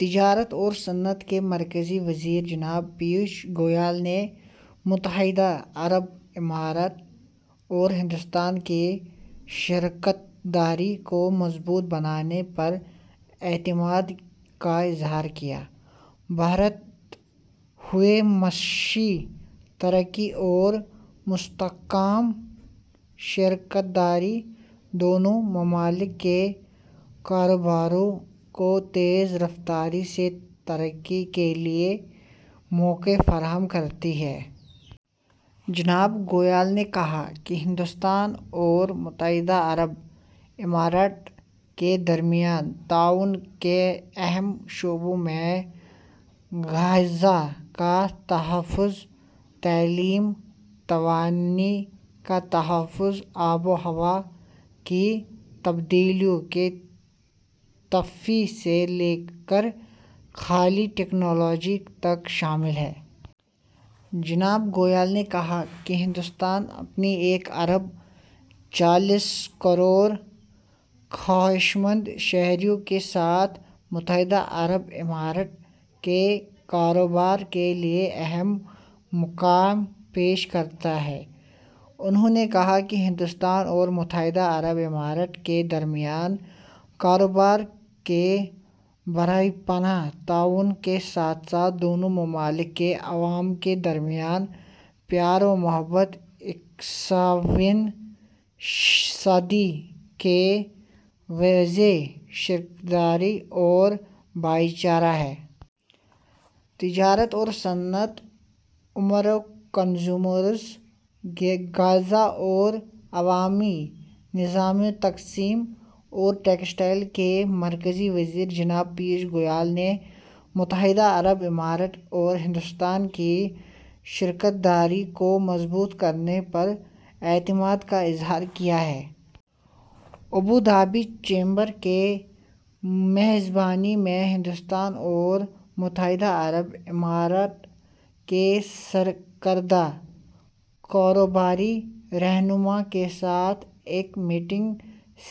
تجارت اور صنعت کے مرکزی وزیر جناب پیوش گوئل نے متحدہ عرب امارات اور ہندوستان کی شراکت داری کو مضبوط بنانے پر اعتماد کا اظہار کیا۔ بڑھتی ہوئی اقتصادی ترقی اور مستحکم شراکت داری دونوں ممالک کے کاروباروں کو تیز رفتار ترقی کے لیے مواقع فراہم کرتی ہے۔ جناب گوئل نے کہا کہ ہندوستان اور متحدہ عرب امارات کے درمیان تعاون کے اہم شعبوں میں خوراک کا تحفظ، تعلیم، توانائی کا تحفظ، آب و ہوا کی تبدیلیوں کی تخفیف سے لے کر خلائی ٹیکنالوجی تک شامل ہیں۔ جناب گوئل نے کہا کہ ہندوستان اپنے ایک ارب چالیس کروڑ خواہشمند شہریوں کے ساتھ متحدہ عرب امارات کے کاروبار کے لیے اہم مواقع پیش کرتا ہے۔ انہوں نے کہا کہ ہندوستان اور متحدہ عرب امارات کے درمیان کاروبار کے بے پناہ تعاون کے ساتھ ساتھ دونوں ممالک کے عوام کے درمیان پیار و محبت، اکیسویں صدی کی واضح شراکت داری اور بھائی چارہ ہے۔ تجارت اور صنعت، امور صارفین، خوراک اور عوامی نظام تقسیم اور ٹیکسٹائل کے مرکزی وزیر جناب پیوش گوئل نے متحدہ عرب امارات اور ہندوستان کی شراکت داری کو مضبوط کرنے پر اعتماد کا اظہار کیا ہے۔ ابوظہبی چیمبر کی میزبانی میں ہندوستان اور متحدہ عرب امارات کے سرکردہ کاروباری رہنماؤں کے ساتھ ایک میٹنگ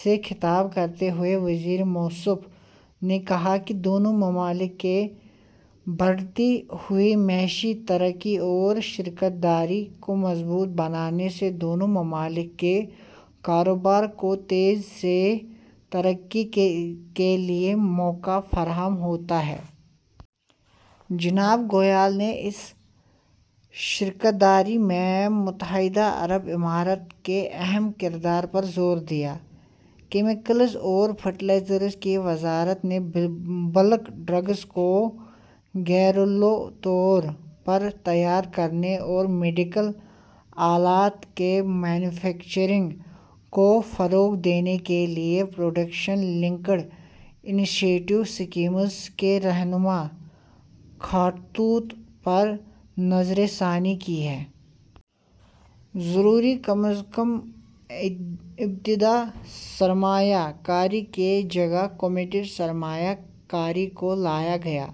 سے خطاب کرتے ہوئے وزیر موصوف نے کہا کہ دونوں ممالک کی بڑھتی ہوئی اقتصادی ترقی اور شراکت داری کو مضبوط بنانے سے دونوں ممالک کے کاروباروں کو تیزی سے ترقی کے لیے مواقع فراہم ہوتے ہیں۔ جناب گوئل نے اس شراکت داری میں متحدہ عرب امارات کے اہم کردار پر زور دیا۔ کیمیکلز اور فرٹیلائزر کی وزارت نے بلک ڈرگس کو گھریلو طور پر تیار کرنے اور میڈیکل آلات کی مینوفیکچرنگ کو فروغ دینے کے لیے پروڈکشن لنکڈ انسینٹیو اسکیموں کے رہنما خطوط پر نظرثانی کی ہے۔ ضروری کم از کم ابتدائی سرمایہ کاری کی جگہ کمیٹیڈ سرمایہ کاری کو لایا گیا۔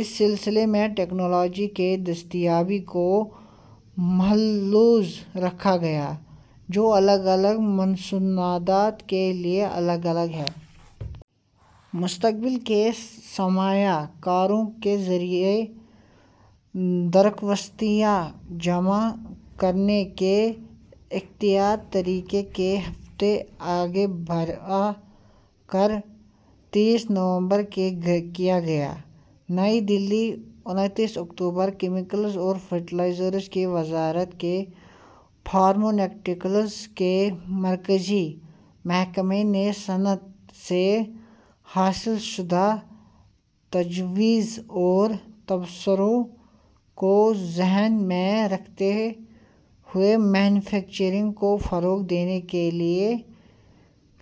اس سلسلے میں ٹیکنالوجی کی دستیابی کو ملحوظ رکھا گیا، جو علیحدہ علیحدہ مصنوعات کے لیے علیحدہ علیحدہ ہے۔ مستقبل کے سرمایہ کاروں کے ذریعہ درخواستیں جمع کرانے کی آخری تاریخ ایک ہفتہ آگے بڑھا کر تیس نومبر کی گئی۔ نئی دہلی، انتیس اکتوبر۔ کیمیکلز اور فرٹیلائزرز کی وزارت کے فارماسیوٹیکلز کے مرکزی محکمے نے صنعت سے حاصل شدہ تجاویز اور تبصروں کو ذہن میں رکھتے ہوئے بلک ڈرگس اور میڈیکل آلات کی گھریلو مینوفیکچرنگ کو فروغ دینے کے لیے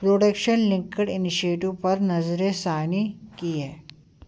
پروڈکشن لنکڈ انسینٹیو پر نظرثانی کی ہے۔